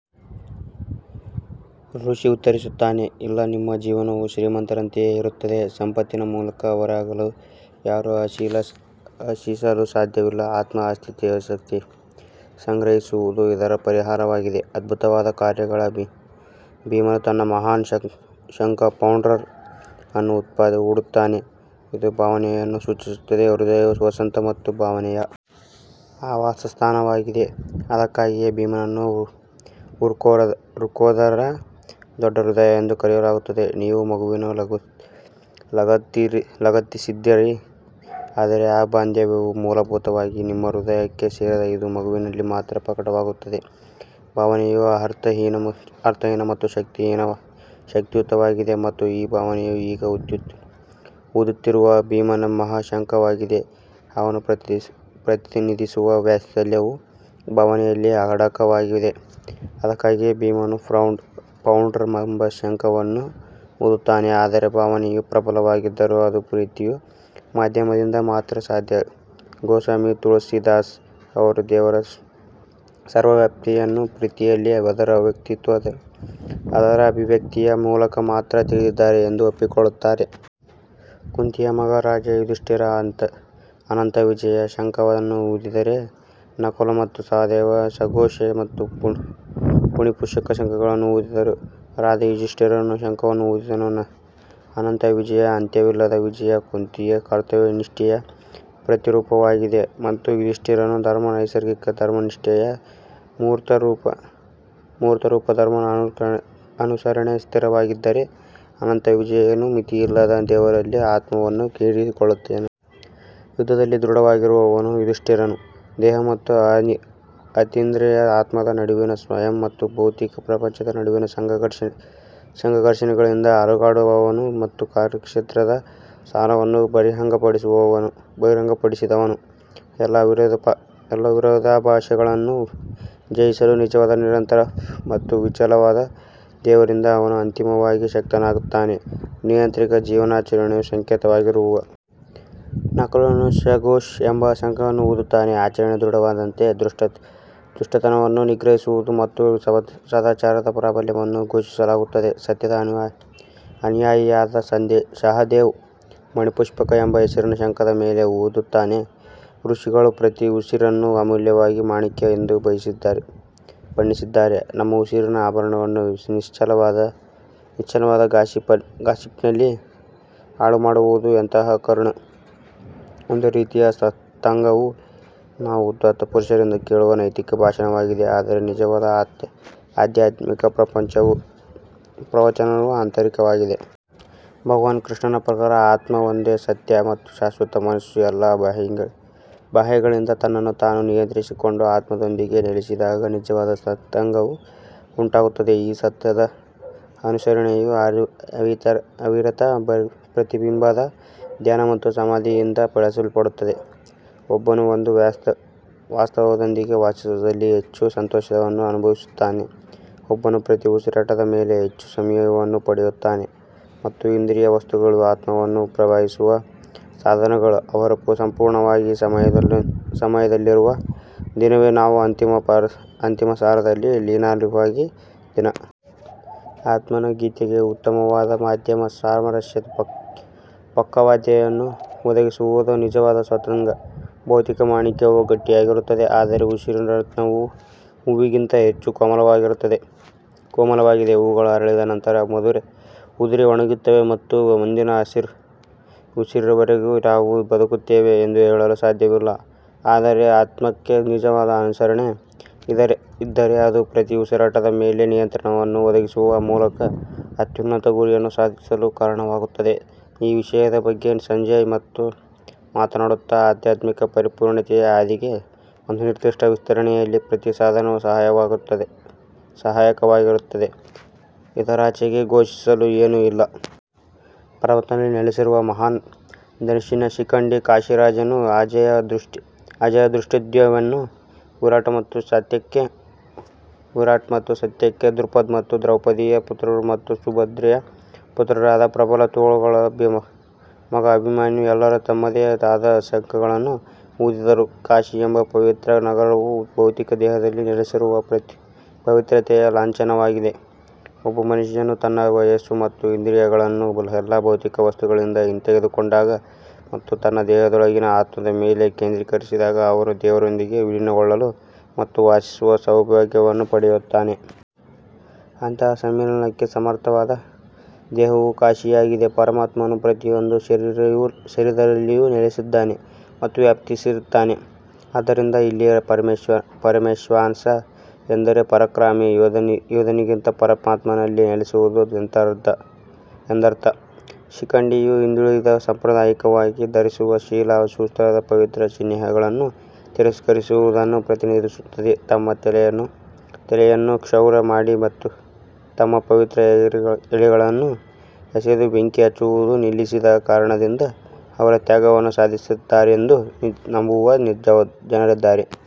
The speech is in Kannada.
ಋಷಿ ಉತ್ತರಿಸುತ್ತಾನೆ ಇಲ್ಲ ನಿಮ್ಮ ಜೀವನವು ಶ್ರೀಮಂತರಂತೆಯೇ ಇರುತ್ತದೆ ಸಂಪತ್ತಿನ ಮೂಲಕ ಅಮರರಾಗಲು ಯಾರೂ ಆಶಿಸಲು ಸಾಧ್ಯವಿಲ್ಲ ಆತ್ಮ ಆಸ್ತಿಯನ್ನು ಸಂಗ್ರಹಿಸುವುದು ಇದರ ಪರಿಹಾರವಾಗಿದೆ ಅದ್ಭುತವಾದ ಕಾರ್ಯಗಳ ಭೀಮನು ತನ್ನ ಮಹಾನ್ ಶಂಖ ಪೌಂಡ್ರನ್ನು ಊದುತ್ತಾನೆ, ಇದು ಭಾವನೆಯನ್ನು ಸೂಚಿಸುತ್ತದೆ ಹೃದಯವು ವಸಂತ ಮತ್ತು ಭಾವನೆಯ ಆವಾಸಸ್ಥಾನವಾಗಿದೆ ಅದಕ್ಕಾಗಿಯೇ ಭೀಮನನ್ನು ವೃಕೋದರ ದೊಡ್ಡ ಹೃದಯ ಎಂದು ಕರೆಯಲಾಗುತ್ತದೆ ನೀವು ಮಗುವಿಗೆ ಲಗತ್ತಿಸಿದ್ದೀರಿ ಆದರೆ ಆ ಬಾಂಧವ್ಯವು ಮೂಲಭೂತವಾಗಿ ನಿಮ್ಮ ಹೃದಯಕ್ಕೆ ಸೇರಿದೆ ಇದು ಮಗುವಿನಲ್ಲಿ ಮಾತ್ರ ಪ್ರಕಟವಾಗುತ್ತದೆ ಭಾವನೆಯು ಅರ್ಥಹೀನ ಮತ್ತು ಶಕ್ತಿಯುತವಾಗಿದೆ ಮತ್ತು ಈ ಭಾವನೆಯು ಈಗ ಊದುತ್ತಿರುವ ಭೀಮನ ಮಹಾ ಶಂಖವಾಗಿದೆ ಅವನು ಪ್ರತಿನಿಧಿಸುವ ವಾತ್ಸಲ್ಯವು ಭಾವನೆಯಲ್ಲಿ ಅಡಕವಾಗಿದೆ ಅದಕ್ಕಾಗಿಯೇ ಭೀಮನು ಪೌಂಡ್ರ್ ಎಂಬ ಶಂಖವನ್ನು ಊದುತ್ತಾನೆ ಆದರೆ ಭಾವನೆಯು ಪ್ರಬಲವಾಗಿದ್ದರೂ ಅದು ಪ್ರೀತಿಯ ಮಾಧ್ಯಮದಿಂದ ಮಾತ್ರ ಸಾಧ್ಯ ಗೋಸ್ವಾಮಿ ತುಳಸಿದಾಸ್ ಅವರು ದೇವರ ಸರ್ವವ್ಯಾಪಿತ್ವವನ್ನು ಪ್ರೀತಿಯಲ್ಲಿ ಅದರ ಅಭಿವ್ಯಕ್ತಿಯ ಮೂಲಕ ಮಾತ್ರ ತಿಳಿದಿದ್ದಾರೆ ಎಂದು ಒಪ್ಪಿಕೊಳ್ಳುತ್ತಾರೆ. ಕುಂತಿಯ ಮಗ ರಾಜ ಯುಧಿಷ್ಠರ್ ಅನಂತವಿಜಯ ಶಂಖವನ್ನು ಊದಿದರೆ ನಕುಲ್ ಮತ್ತು ಸಹದೇವ ಸುಘೋಷ ಮತ್ತು ಮಣಿಪುಷ್ಪಕ ಶಂಖಗಳನ್ನು ಊದಿದರು. ರಾಜ ಯುಧಿಷ್ಠಿರನು ಶಂಖವನ್ನು ಊದಿದನು ಅನಂತವಿಜಯ ಅಂತ್ಯವಿಲ್ಲದ ವಿಜಯ ಕುಂತಿಯು ಕರ್ತವ್ಯನಿಷ್ಠೆಯ ಪ್ರತಿರೂಪವಾಗಿದೆ ಮತ್ತು ಯುಧಿಷ್ಠಿರನು ಧರ್ಮ ನೈಸರ್ಗಿಕ ಧರ್ಮನಿಷ್ಠೆಯ ಮೂರ್ತರೂಪ ಧರ್ಮದ ಅನುಸರಣೆ ಸ್ಥಿರವಾಗಿದ್ದರೆ ಅನಂತವಿಜಯನು ಮಿತಿಯಿಲ್ಲದ ದೇವರಲ್ಲಿ ಆತ್ಮವನ್ನು ಹೀರಿಕೊಳ್ಳುತ್ತಾನೆ. ಯುದ್ಧದಲ್ಲಿ ದೃಢವಾಗಿರುವವನು ಯುಧಿಷ್ಠಿರನು ದೇಹ ಮತ್ತು ಅತೀಂದ್ರಿಯ ಆತ್ಮದ ನಡುವಿನ ಸ್ವಯಂ ಮತ್ತು ಭೌತಿಕ ಪ್ರಪಂಚದ ನಡುವಿನ ಸಂಘರ್ಷಗಳಿಂದ ಅಲುಗಾಡದವನು ಮತ್ತು ಕಾರ್ಯಕ್ಷೇತ್ರದ ಸಾರವನ್ನು ಬಹಿರಂಗಪಡಿಸಿದವನು. ಎಲ್ಲಾ ವಿರೋಧಾಭಾಸಗಳನ್ನು ಜಯಿಸಲು ನಿಜವಾದ ನಿರಂತರ ಮತ್ತು ಅಚಲವಾದ ದೇವರಿಂದ ಅವನು ಅಂತಿಮವಾಗಿ ಶಕ್ತನಾಗುತ್ತಾನೆ. ನಿಯಂತ್ರಿತ ಜೀವನಾಚರಣೆಯ ಸಂಕೇತವಾಗಿರುವ ನಕುಲನು ಸುಘೋಷ ಎಂಬ ಶಂಖವನ್ನು ಊದುತ್ತಾನೆ ಆಚರಣೆಯು ದೃಢವಾದಂತೆ ದುಷ್ಟತನವನ್ನು ನಿಗ್ರಹಿಸುತ್ತದೆ ಮತ್ತು ಸದಾಚಾರದ ಪ್ರಾಬಲ್ಯವನ್ನು ಘೋಷಿಸಲಾಗುತ್ತದೆ ಸತ್ಯದ ಅನುಯಾಯಿಯಾದ ಸಹದೇವ ಮಣಿಪುಷ್ಪಕ ಎಂಬ ಹೆಸರಿನ ಶಂಖದ ಮೇಲೆ ಊದುತ್ತಾನೆ ಋಷಿಗಳು ಪ್ರತಿ ಉಸಿರನ್ನು ಅಮೂಲ್ಯವಾದ ಮಾಣಿಕ್ಯ ಎಂದು ಬಣ್ಣಿಸಿದ್ದಾರೆ ನಮ್ಮ ಉಸಿರಿನ ಆಭರಣಗಳನ್ನು ನಿಷ್ಫಲವಾದ ಗಾಸಿಪ್ನಲ್ಲಿ ಹಾಳುಮಾಡುವುದು ಎಂತಹ ಕರುಣೆ ಒಂದು ರೀತಿಯ ಸತ್ಸಂಗವು ನಾವು ಉದಾತ್ತ ಪುರುಷರಿಂದ ಕೇಳುವ ನೈತಿಕ ಭಾಷಣವಾಗಿದೆ ಆದರೆ ನಿಜವಾದ ಆಧ್ಯಾತ್ಮಿಕ ಪ್ರವಚನವು ಆಂತರಿಕವಾಗಿದೆ. ಭಗವಾನ್ ಕೃಷ್ಣನ ಪ್ರಕಾರ ಆತ್ಮವೊಂದೇ ಸತ್ಯ ಮತ್ತು ಶಾಶ್ವತ ಮನಸ್ಸು ಎಲ್ಲಾ ಬಾಹ್ಯಗಳಿಂದ ತನ್ನನ್ನು ತಾನು ನಿಯಂತ್ರಿಸಿಕೊಂಡು ಆತ್ಮದೊಂದಿಗೆ ನೆಲೆಸಿದಾಗ ನಿಜವಾದ ಸತ್ಸಂಗವು ಉಂಟಾಗುತ್ತದೆ ಈ ಸತ್ಯದ ಅನುಸರಣೆಯು ಅವಿರತ ಪ್ರತಿಬಿಂಬದ ಧ್ಯಾನ ಮತ್ತು ಸಮಾಧಿಯಿಂದ ಬೆಳೆಸಲ್ಪಡುತ್ತದೆ, ಒಬ್ಬನು ಒಂದು ವಾಸ್ತವದೊಂದಿಗೆ ವಾಸಿಸುವಲ್ಲಿ ಹೆಚ್ಚು ಸಂತೋಷವನ್ನು ಅನುಭವಿಸುತ್ತಾನೆ, ಒಬ್ಬನು ಪ್ರತಿ ಉಸಿರಾಟದ ಮೇಲೆ ಹೆಚ್ಚು ಸಂಯಮವನ್ನು ಪಡೆಯುತ್ತಾನೆ ಮತ್ತು ಇಂದ್ರಿಯ ವಸ್ತುಗಳು ಆತ್ಮವನ್ನು ಪ್ರಭಾವಿಸುವ ಸಾಧನಗಳು ಅವರು ಸಂಪೂರ್ಣವಾಗಿ ಸಂಯಮದಲ್ಲಿರುವ ದಿನವೇ ನಾವು ಅಂತಿಮ ಸಾರದಲ್ಲಿ ಲೀನವಾಗುವ ದಿನ. ಆತ್ಮನ ಗೀತೆಗೆ ಉತ್ತಮವಾದ ವಾದ್ಯದ ಸಾಮರಸ್ಯದ ಪಕ್ಕವಾದ್ಯವನ್ನು ಒದಗಿಸುವುದು ನಿಜವಾದ ಸತ್ಸಂಗ. ಭೌತಿಕ ಮಾಣಿಕ್ಯವು ಗಟ್ಟಿಯಾಗಿರುತ್ತದೆ ಆದರೆ ಉಸಿರಿನ ರತ್ನವು ಹೂವಿನಿಗಿಂತ ಹೆಚ್ಚು ಕೋಮಲವಾಗಿದೆ ಹೂವುಗಳು ಅರಳಿದ ನಂತರ ಉದುರಿ ಒಣಗುತ್ತವೆ ಮತ್ತು ಮುಂದಿನ ಉಸಿರಿನವರೆಗೂ ನಾವು ಬದುಕುತ್ತೇವೆ ಎಂದು ಹೇಳಲು ಸಾಧ್ಯವಿಲ್ಲ ಆದರೆ ಆತ್ಮಕ್ಕೆ ನಿಜವಾದ ಅನುಸರಣೆ ಇದ್ದರೆ ಅದು ಪ್ರತಿ ಉಸಿರಾಟದ ಮೇಲೆ ನಿಯಂತ್ರಣವನ್ನು ಒದಗಿಸುವ ಮೂಲಕ ಅತ್ಯುನ್ನತ ಗುರಿಯನ್ನು ಸಾಧಿಸಲು ಕಾರಣವಾಗುತ್ತದೆ ಈ ವಿಷಯದ ಬಗ್ಗೆ ಸಂಜಯ್ ಮತ್ತಷ್ಟು ಮಾತನಾಡುತ್ತಾ, ಆಧ್ಯಾತ್ಮಿಕ ಪರಿಪೂರ್ಣತೆಯ ಹಾದಿಯ ಒಂದು ನಿರ್ದಿಷ್ಟ ವಿಸ್ತರಣೆಯಲ್ಲಿ ಪ್ರತಿ ಸಾಧನವು ಸಹಾಯಕವಾಗಿದ್ದರೂ ಇದರಾಚೆಗೆ ಘೋಷಿಸಲು ಏನೂ ಇಲ್ಲ. ಪರಮಾತ್ಮನಲ್ಲಿ ನೆಲೆಸಿರುವ ಮಹಾನ್ ಧನುಸ್ಸಿನ ಶಿಖಂಡಿ ಕಾಶಿರಾಜನು ಅಜೇಯ ಧೃಷ್ಟದ್ಯುಮ್ನ ವಿರಾಟ್ ಮತ್ತು ಸಾತ್ಯಕಿ ದ್ರುಪದ್ ಮತ್ತು ದ್ರೌಪದಿಯ ಪುತ್ರರು ಮತ್ತು ಸುಭದ್ರೆಯ ಪುತ್ರರಾದ ಪ್ರಬಲ ತೋಳುಗಳ ಮಗ ಅಭಿಮನ್ಯು ಎಲ್ಲರೂ ತಮ್ಮದೇ ಆದ ಶಂಖಗಳನ್ನು ಊದಿದರು. ಕಾಶಿ ಎಂಬ ಪವಿತ್ರ ನಗರವು ಭೌತಿಕ ದೇಹದಲ್ಲಿ ನೆಲೆಸಿರುವ ಪವಿತ್ರತೆಯ ಲಾಂಛನವಾಗಿದೆ ಒಬ್ಬ ಮನುಷ್ಯನು ತನ್ನ ಮನಸ್ಸು ಮತ್ತು ಇಂದ್ರಿಯಗಳನ್ನು ಎಲ್ಲಾ ಭೌತಿಕ ವಸ್ತುಗಳಿಂದ ಹಿಂತೆಗೆದುಕೊಂಡಾಗ ಮತ್ತು ತನ್ನ ದೇಹದೊಳಗಿನ ಆತ್ಮದ ಮೇಲೆ ಕೇಂದ್ರೀಕರಿಸಿದಾಗ ಅವನು ದೇವರೊಂದಿಗೆ ವಿಲೀನಗೊಳ್ಳಲು ಮತ್ತು ವಾಸಿಸುವ ಸೌಭಾಗ್ಯವನ್ನು ಪಡೆಯುತ್ತಾನೆ. ಅಂತಹ ಸಮ್ಮಿಲನಕ್ಕೆ ಸಮರ್ಥವಾದ ದೇಹವು ಕಾಶಿಯಾಗಿದೆ ಪರಮಾತ್ಮನು ಪ್ರತಿಯೊಂದು ಶರೀರದಲ್ಲಿಯೂ ನೆಲೆಸಿದ್ದಾನೆ ಮತ್ತು ವ್ಯಾಪಿಸಿರುತ್ತಾನೆ ಆದ್ದರಿಂದ ಇಲ್ಲಿ ಪರಮೇಶ್ವಾಸ ಎಂದರೆ ಪರಾಕ್ರಮಿ ಯೋಧನಿಗಿಂತ ಪರಮಾತ್ಮನಲ್ಲಿ ನೆಲೆಸುವುದು ಎಂದರ್ಥ. ಶಿಖಂಡಿಯು ಹಿಂದೂಗಳು ಸಾಂಪ್ರದಾಯಿಕವಾಗಿ ಧರಿಸುವ ಶಿಖಾ ಸೂತ್ರದ ಪವಿತ್ರ ಚಿಹ್ನೆಗಳನ್ನು ತಿರಸ್ಕರಿಸುವುದನ್ನು ಪ್ರತಿನಿಧಿಸುತ್ತದೆ ತಮ್ಮ ತಲೆಯನ್ನು ಕ್ಷೌರ ಮಾಡಿ ತಮ್ಮ ಪವಿತ್ರ ಎಳೆಗಳನ್ನು ಎಸೆದು ಬೆಂಕಿ ಹಚ್ಚುವುದನ್ನು ನಿಲ್ಲಿಸಿದ ಕಾರಣದಿಂದ ಅವರು ತ್ಯಾಗವನ್ನು ಸಾಧಿಸಿದ್ದಾರೆಂದು ನಂಬುವ ಜನರಿದ್ದಾರೆ.